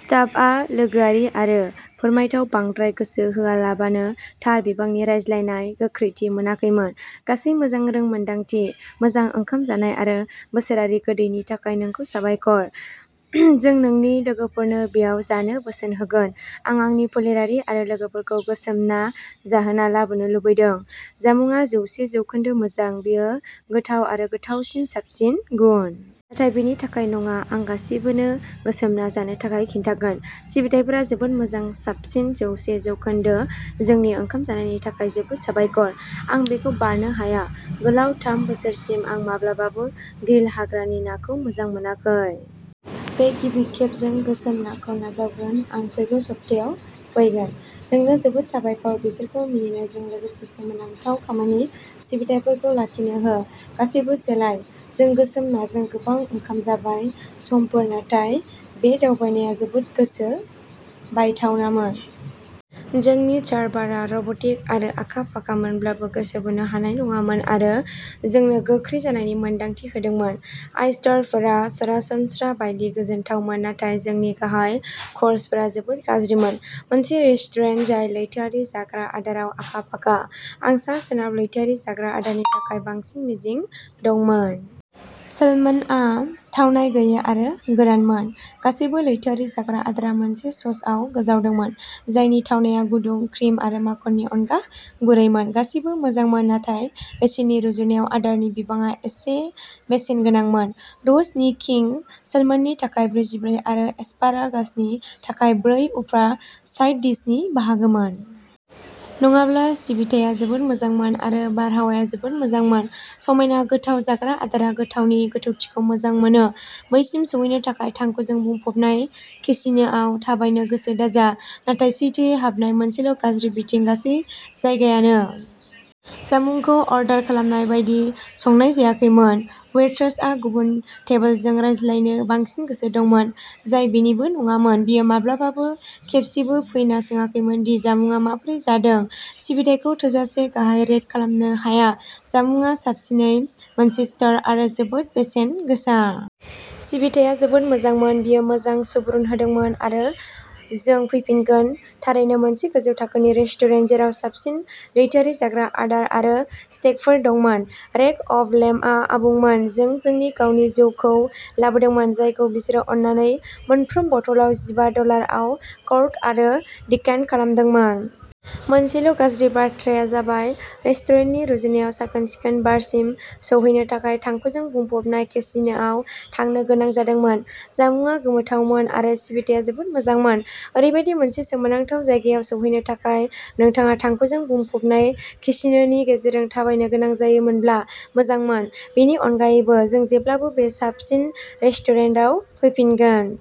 स्टाफआ लोगोआरि आरो फोरमायथाव बांद्राय गोसो होआलाबानो थार बिबांनि रायज्लायनाय गोख्रैथि मोनाखैमोन। गासै मोजां रोंमोनदांथि, मोजां ओंखाम जानाय आरो बोसोरारि गोदैनि थाखाय नोंखौ साबायखर। जों जोंनि लोगोफोरनो बेयाव जानो बोसोन होगोन। आं आंनि फोलेरारि आरो लोगोफोरखौ गोसोम ना जाहोना लाबोनो लुबैदों, जामुंआ जौसे जौखोन्दो मोजां, बेयो गोथाव आरो गोथावसिन साबसिन गुन। नाथाय बेनि थाखाय नङा, आं गासिबोनो गोसोम ना जानो थाखाय खिन्थागोन, सिबिथाइफोरा जोबोद मोजां साबसिन जौसे जौखोन्दो जोंनि ओंखाम जानायनि थाखाय जोबोद साबायखर, आं बेखौ बारनो हाया। गोलाव थाम बोसोरसिम आं माब्लाबाबो ग्रिल हाग्रानि नाखौ मोजां मोनाखै। बे गिबि खेब जों गोसोम नाखौ नाजावगोन, आं फैगौ सप्तायाव फैगोन। नोंनो जोबोद साबायखर, बिसोरखौ मिनिनायजों लोगोसे सोमोनांथाव खामानि सिबिथाइफोरखौ लाखिनो हो, गासैबो सोलाय। जों गोसोम नाजों गोबां ओंखाम जाबाय। समफोर नाथाय बे दावबायनाया जोबोद गोसो बायथावनामोन। जोंनि सार्भारआ रब'टिक आरो आखा-फाखामोनब्लाबो गोसो बोनो हानाय नङामोन आरो जोंनो गोख्रै जानायनि मोन्दांथि होदोंमोन। ऑयस्टारफोरा सरासनस्रा बायदि गोजोनथावमोन नाथाय जोंनि गाहाय क'र्सफोरा जोबोद गाज्रिमोन। मोनसे रेस्टुरेन्ट जाय लैथोआरि जाग्रा आदाराव आखा-फाखा, आं सा-सोनाब लैथोआरि जाग्रा आदारनि थाखाय बांसिन मिजिं दंमोन। सालमनआ थावनाय गैयै आरो गोरानमोन। गासैबो लैथोआरि जाग्रा आदारआ मोनसे ससआव गोजावदोंमोन, जायनि थावनाया गुदुं क्रिम आरो माखननि अनगा गुरैमोन। गासैबो मोजांमोन नाथाय बेसेननि रुजुनायाव आदारनि बिबाङा एसे बेसेन गोनांमोन, द' स्न' किंग सालमननि थाखाय ब्रैजिब्रै आरो एस्पारागासनि थाखाय ब्रै उफ्रा साइड डिशनि बाहागोमोन। नङाब्ला सिबिथाया जोबोद मोजांमोन आरो बारहावाया जोबोद मोजांमोन। समायना गोथाव जाग्रा आदारआ गोथावनि गोथौथिखौ मोजां मोनो। बैसिम सौहैनो थाखाय थांखुजों बुंफबनाय केसिनोआव थाबायनो गोसो दाजा, नाथाय सैथोयै हाबनाया मोनसेल' गाज्रि बिथिं गासै जायगायानो। जामुंखौ अर्डार खालामनाय बायदि संनाय जायाखैमोन। वेट्रेसआ गुबुन टेबोलजों रायज्लायनो बांसिन गोसो दंमोन, जाय बिनिबो नङामोन। बियो माब्लाबाबो खेबसेबो फैना सोङाखैमोन दि जामुंआ माबोरै जादों। सिबिथायखौ थोजासे गाहाय रेट खालामनो हाया। जामुंआ साबसिनै मोनसे स्टार आरो जोबोद बेसेन गोसा। सिबिथाया जोबोद मोजांमोन, बियो मोजां सुबुरुन होदोंमोन आरो जों फैफिनगोन थारैनो मोनसे गोजौ थाखोनि रेस्टुरेन्ट जेराव साबसिन लैथोआरि जाग्रा आदार आरो स्टेकफोर दंमोन। रेक अफ लेम्बआ आबुंमोन। जों जोंनि गावनि जौखौ लाबोदोंमोन, जायखौ बिसोरो अननानै मोनफ्रोम बथलाव जिबा दलार आव कर्क आरो डिकेनट खालामदोंमोन। मोनसेल' गाज्रि बाथ्राया जाबाय रेस्टुरेन्टनि रुजुनायाव साखोन-सिखोन बारसिम सौहैनो थाखाय थांखुजों बुंफबनाय केसिनोआव थांनो गोनां जादोंमोन। जामुंआ गोमोथावमोन आरो सिबिथाया जोबोद मोजांमोन। ओरैबायदि मोनसे सोमोनांथाव जायगायाव सौहैनो थाखाय नोंथाङा थांखुजों बुंफबनाय केसिनोनि गेजेरजों थाबायनो गोनां जायामोनब्ला मोजांमोन। बेनि अनगायैबो, जों जेब्लाबो बे साबसिन रेस्टुरेन्टाव फैफिनगोन।